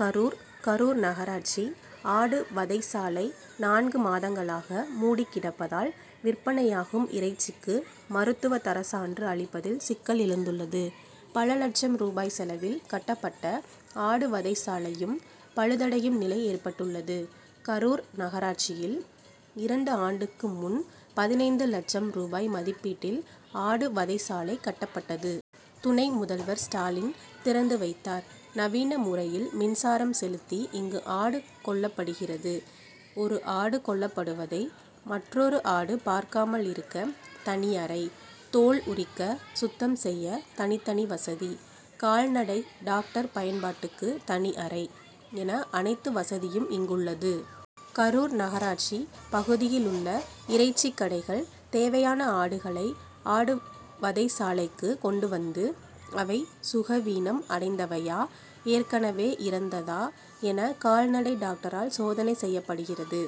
கரூர் கரூர் நகராட்சி ஆடு வதைச்சாலை நான்கு மாதங்களாக மூடிக்கிடப்பதால், விற்பனையாகும் இறைச்சிக்கு மருத்துவ தரச்சான்று அளிப்பதில் சிக்கல் எழுந்துள்ளது. பல லட்சம் ரூபாய் செலவில் கட்டப்பட்ட ஆடு வதைச்சாலையும் பழுதடையும் நிலை ஏற்பட்டுள்ளது. கரூர் நகராட்சியில் இரண்டு ஆண்டுக்கு முன் பதினைந்து லட்சம் ரூபாய் மதிப்பீட்டில் ஆடு வதைச்சாலை கட்டப்பட்டது. துணை முதல்வர் ஸ்டாலின் திறந்து வைத்தார். நவீன முறையில் மின்சாரம் செலுத்தி இங்கு ஆடு கொல்லப்படுகிறது. ஒரு ஆடு கொல்லப்படுவதை மற்றொரு ஆடு பார்க்காமல் இருக்க தனி அறை, தோல் உரிக்க, சுத்தம் செய்ய தனித்தனி வசதி, கால்நடை டாக்டர் பயன்பாட்டுக்கு தனி அறை என அனைத்து வசதியும் இங்குள்ளது. கரூர் நகராட்சி பகுதியில் உள்ள இறைச்சி கடைகள் தேவையான ஆடுகளை, ஆடுவதைச்சாலைக்கு கொண்டுவந்து, அவை, சுகவீனம் அடைந்தவையா? ஏற்கனவே இறந்ததா? என, கால்நடை டாக்டரால் சோதனை செய்யப்படுகிறது.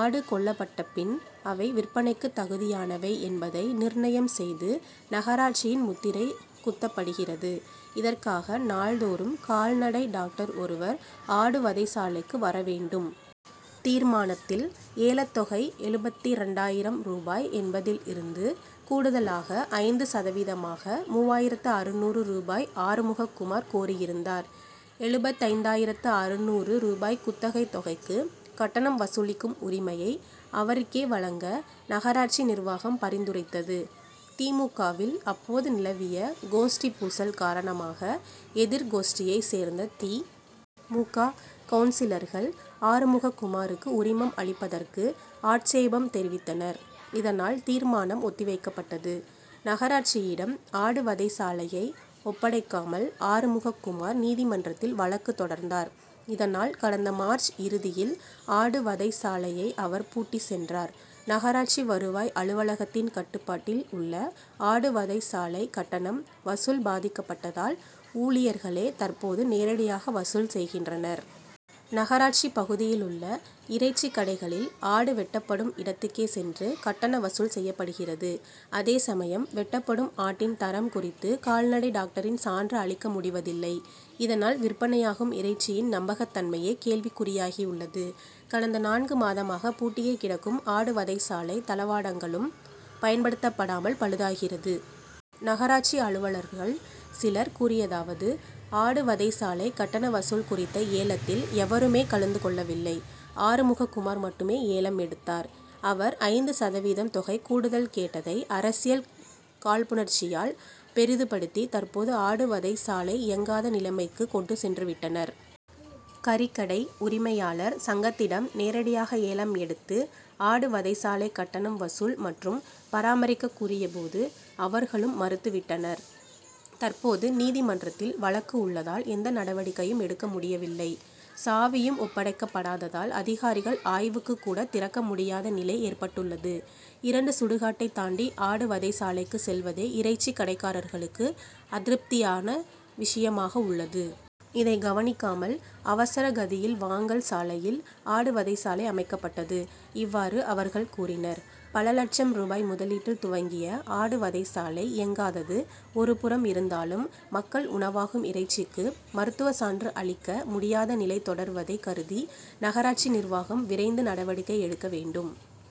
ஆடு கொல்லப்பட்ட பின், அவை விற்பனைக்கு தகுதியானவை என்பதை நிர்ணயம் செய்து நகராட்சியின் முத்திரை குத்தப்படுகிறது. இதற்காக, நாள்தோறும் கால்நடை டாக்டர் ஒருவர், ஆடு வதைச்சாலைக்கு வரவேண்டும். தீர்மானத்தில் ஏலத்தொகை எழுபத்திரண்டாயிரம் ரூபாய் என்பதில் இருந்து, கூடுதலாக ஐந்து சதவீதமாக மூவாயிரத்து அறுநூறு ரூபாய் ஆறுமுகக்குமார் கோரியிருந்தார். எழுபத்தைந்தாயிரத்து அறுநூறு ரூபாய் குத்தகை தொகைக்கு, கட்டணம் வசூலிக்கும் உரிமையை அவருக்கே வழங்க நகராட்சி நிர்வாகம் பரிந்துரைத்தது. தி. மு. க.,வில் அப்போது நிலவிய கோஷ்டி பூசல் காரணமாக, எதிர்கோஷ்டியை சேர்ந்த தி. மு. க., கவுன்சிலர்கள் ஆறுமுகக்குமாருக்கு உரிமம் அளிப்பதற்கு ஆட்சேபம் தெரிவித்தனர். இதனால் தீர்மானம் ஒத்திவைக்கப்பட்டது. நகராட்சியிடம் ஆடு வதைச்சாலையை ஒப்படைக்காமல், ஆறுமுகக்குமார் நீதிமன்றத்தில் வழக்கு தொடர்ந்தார். இதனால், கடந்த மார்ச் இறுதியில் ஆடு வதைச்சாலையை அவர் பூட்டிச் சென்றார். நகராட்சி வருவாய் அலுவலகத்தின் கட்டுப்பாட்டில் உள்ள ஆடு வதைச்சாலை கட்டணம் வசூல் பாதிக்கப்பட்டதால், ஊ ழியர்களே தற்போது நேரடியாக வசூல் செய்கின்றனர். நகராட்சி பகுதியில் உள்ள இறைச்சி கடைகளில், ஆடு வெட்டப்படும் இடத்துக்கேச் சென்று கட்டண வசூல் செய்யப்படுகிறது. அதே சமயம், வெட்டப்படும் ஆட்டின் தரம் குறித்து கால்நடை டாக்டரின் சான்று அளிக்கமுடிவதில்லை. இதனால், விற்பனையாகும் இறைச்சியின் நம்பகத்தன்மையே கேள்விக்குறியாகியுள்ளது. கடந்த நான்கு மாதமாக பூட்டியே கிடக்கும் ஆடு வதைச்சாலை தளவாடங்களும் பயன்படுத்தப்படாமல் பழுதாகிறது. நகராட்சி அலுவலர்கள் சிலர் கூறியதாவது ஆடுவதை சாலை கட்டண வசூல் குறித்த ஏலத்தில் எவருமே கலந்து கொள்ளவில்லை. ஆறுமுகக்குமார் மட்டுமே ஏலம் எடுத்தார். அவர் ஐந்து சதவீதம் தொகை கூடுதல் கேட்டதை, அரசியல் காழ்ப்புணர்ச்சியால் பெரிதுபடுத்தி, தற்போது ஆடுவதை சாலை இயங்காத நிலைமைக்கு கொண்டு சென்றுவிட்டனர். கறிக்கடை உரிமையாளர் சங்கத்திடம், நேரடியாக ஏலம் எடுத்து ஆடு வதைச்சாலை கட்டணம் வசூல் மற்றும் பராமரிக்க கூறியபோது அவர்களும் மறுத்துவிட்டனர். தற்போது, நீதிமன்றத்தில் வழக்கு உள்ளதால் எந்த நடவடிக்கையும் எடுக்க முடியவில்லை. சாவியும் ஒப்படைக்கப்படாததால், அதிகாரிகள் ஆய்வுக்குக்கூட திறக்க முடியாத நிலை ஏற்பட்டுள்ளது. இரண்டு சுடுகாட்டை தாண்டி ஆடுவதை சாலைக்கு செல்வதே இறைச்சி கடைக்காரர்களுக்கு அதிருப்தியான விஷயமாக உள்ளது. இதை கவனிக்காமல், அவசர கதியில் வாங்கல் சாலையில் ஆடுவதைச்சாலை அமைக்கப்பட்டது. இவ்வாறு அவர்கள் கூறினர். பல லட்சம் ரூபாய் முதலீட்டில் துவங்கிய ஆடு வதைச்சாலை இயங்காதது ஒருபுறம் இருந்தாலும், மக்கள் உணவாகும் இறைச்சிக்கு மருத்துவச்சான்று அளிக்க முடியாதநிலை தொடர்வதை கருதி, நகராட்சி நிர்வாகம் விரைந்து நடவடிக்கை எடுக்க வேண்டும்.